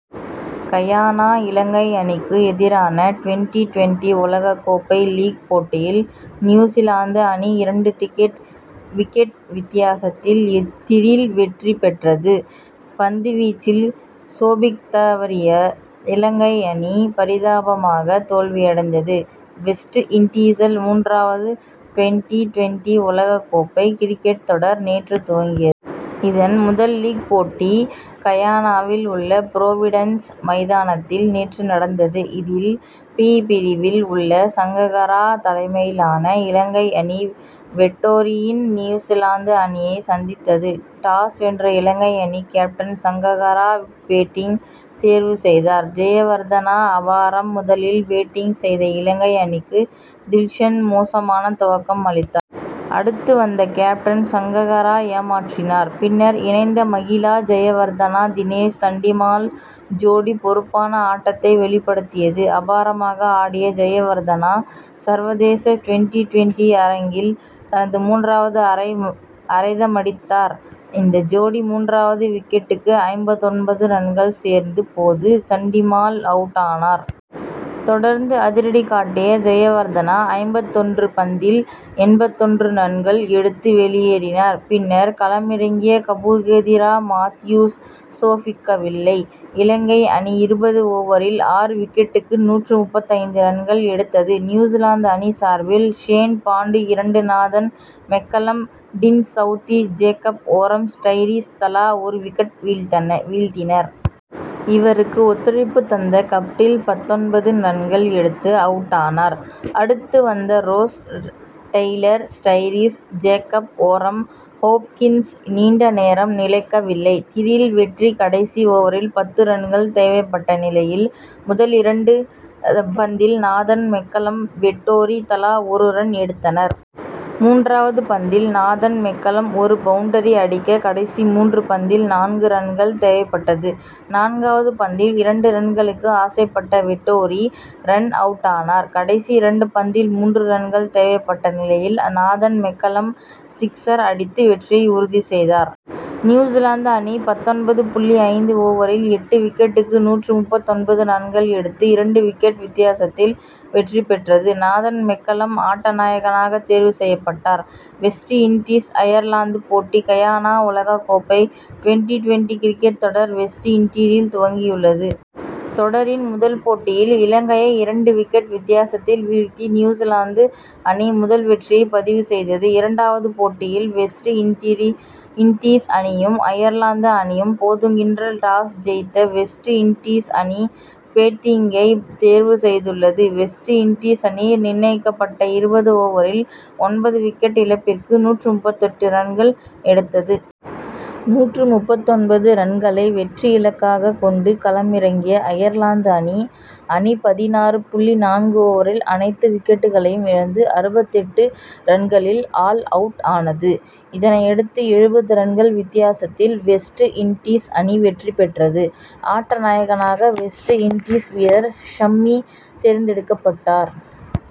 Guyana Ilangai அணிக்கு எதிரான twenty twenty உலக கோப்பை லீக் போட்டியில் நியூசிலாந்து அணி இரண்டு விக்கெட் விக்கெட்வித்தியாசத்தில் திரில் வெற்றி பெற்றது. பந்துவீச்சில் சோபிக்கத்தவறிய இலங்கை அணி பரிதாபமாக தோல்வியடைந்தது. வெஸ்ட் இண்டீசில் மூன்றாவது டுவென்டி-டுவென்டி உலக கோப்பை கிரிக்கெட் தொடர் நேற்று துவங்கியது. இதன் முதல் லீக் போட்டி கயானாவில் உள்ள புரோவிடன்ஸ் மைதானத்தில் நேற்று நடந்தது. இதில் பி பிரிவில் உள்ள சங்ககரா தலைமையிலான இலங்கை அணி வெட்டோரியின் நியூசிலாந்து அணியை சந்தித்தது. டாஸ் வென்ற இலங்கை அணி கேப்டன் சங்ககரா பேட்டிங் தேர்வு செய்தார். ஜெயவர்தனா அபாரம் முதலில் பேட்டிங் செய்த இலங்கை அணிக்கு தில்ஷன் மோசமான துவக்கம் அளித்தார். அடுத்து வந்த கேப்டன் சங்ககரா ஏமாற்றினார். பின்னர் இணைந்த மகிலா ஜெயவர்தனா தினேஷ் சண்டிமால் ஜோடி பொறுப்பான ஆட்டத்தை வெளிப்படுத்தியது. அபாரமாக ஆடிய ஜெயவர்தனா சர்வதேச டுவென்டி-டுவென்டி அரங்கில் தனது மூன்றாவது அரைஅரைசதமடித்தார். இந்த ஜோடி மூன்றாவது விக்கெட்டுக்கு ஐம்பத்தொன்பது ரன்கள் சேர்த்த போது சண்டிமால் அவுட்டானார். தொடர்ந்து அதிரடி காட்டிய ஜெயவர்தனா ஐம்பத்தொன்று பந்தில் எண்பத்தொன்று ரன்கள் எடுத்து வெளியேறினார். பின்னர் களமிறங்கிய கபுகேதிரா மாத்யூஸ் சோபிக்கவில்லை. இலங்கை அணி இருபது ஓவரில் ஆறு விக்கெட்டுக்கு நூற்று முப்பத்தைந்து ரன்கள் எடுத்தது. நியூசிலாந்து அணி சார்பில் ஷேன் பாண்டு இரண்டு Nathan McCullum Tim Southee Jacob Oram Styris தலா ஒரு விக்கெட் வீழ்த்தினர். இவருக்கு ஒத்துழைப்பு தந்த கப்டில் பத்தொன்பது ரன்கள் எடுத்து அவுட்டானார். அடுத்து வந்த Ross Taylor Styris Jacob Oram Hopkins நீண்டநேரம் நிலைக்கவில்லை. திரில் வெற்றி கடைசி ஓவரில் பத்து ரன்கள் தேவைப்பட்ட நிலையில் முதலிரண்டு பந்தில் நாதன் மெக்கலம் வெட்டோரி தலா ஒரு ரன் எடுத்தனர். மூன்றாவது பந்தில் நாதன் மெக்கலம் ஒரு பவுண்டரி அடிக்க கடைசி மூன்று பந்தில் நான்கு ரன்கள் தேவைப்பட்டது. நான்காவது பந்தில் இரண்டு ரன்களுக்கு ஆசைப்பட்ட வெட்டோரி ரன்-அவுட்டானார். கடைசி இரண்டு பந்தில் மூன்று ரன்கள் தேவைப்பட்ட நிலையில் நாதன் மெக்கலம் சிக்சர் அடித்து வெற்றியை உறுதி செய்தார். நியூசிலாந்து அணி பத்தொன்பது புள்ளி ஐந்து ஓவரில் எட்டு விக்கெட்டுக்கு நூற்று முப்பத்தொன்பது ரன்கள் எடுத்து இரண்டு விக்கெட் வித்தியாசத்தில் வெற்றி பெற்றது. நாதன் மெக்கலம் ஆட்டநாயகனாக தேர்வு செய்யப்பட்டார். வெஸ்ட் இண்டீஸ் அயர்லாந்து போட்டி கயானா உலககோப்பை டுவென்டி-டுவென்டி கிரிக்கெட் தொடர் வெஸ்ட் இண்டீசில் துவங்கியுள்ளது. தொடரின் முதல் போட்டியில் இலங்கையை இரண்டு விக்கெட் வித்தியாசத்தில் வீழ்த்தி நியூசிலாந்து அணி முதல் வெற்றியை பதிவு செய்தது. இரண்டாவது போட்டியில் வெஸ்ட் இண்டீஸ் அணியும் அயர்லாந்து அணியும் மோதுகின்றன. டாஸ் ஜெயித்த வெஸ்ட் இண்டீஸ் அணி பேட்டிங்கை தேர்வு செய்துள்ளது. வெஸ்ட் இண்டீஸ் அணி நிர்ணயிக்கப்பட்ட இருபது ஓவரில் ஒன்பது விக்கெட் இழப்பிற்கு நூற்று முப்பத்தெட்டு ரன்கள் எடுத்தது. நூற்று முப்பத்தொன்பது ரன்களை வெற்றி இலக்காக கொண்டு களமிறங்கிய அயர்லாந்து அணி அணி பதினாறு புள்ளி நான்கு ஓவரில் அனைத்து விக்கெட்களையும் இழந்து அறுபத்தெட்டு ரன்களில் ஆல் அவுட் ஆனது. இதனையடுத்து எழுபது ரன்கள் வித்தியாசத்தில் வெஸ்ட் இண்டீஸ் அணி வெற்றி பெற்றது. ஆட்ட நாயகனாக வெஸ்ட் இண்டீஸ் வீரர் ஷம்மி தேர்ந்தெடுக்கப்பட்டார்.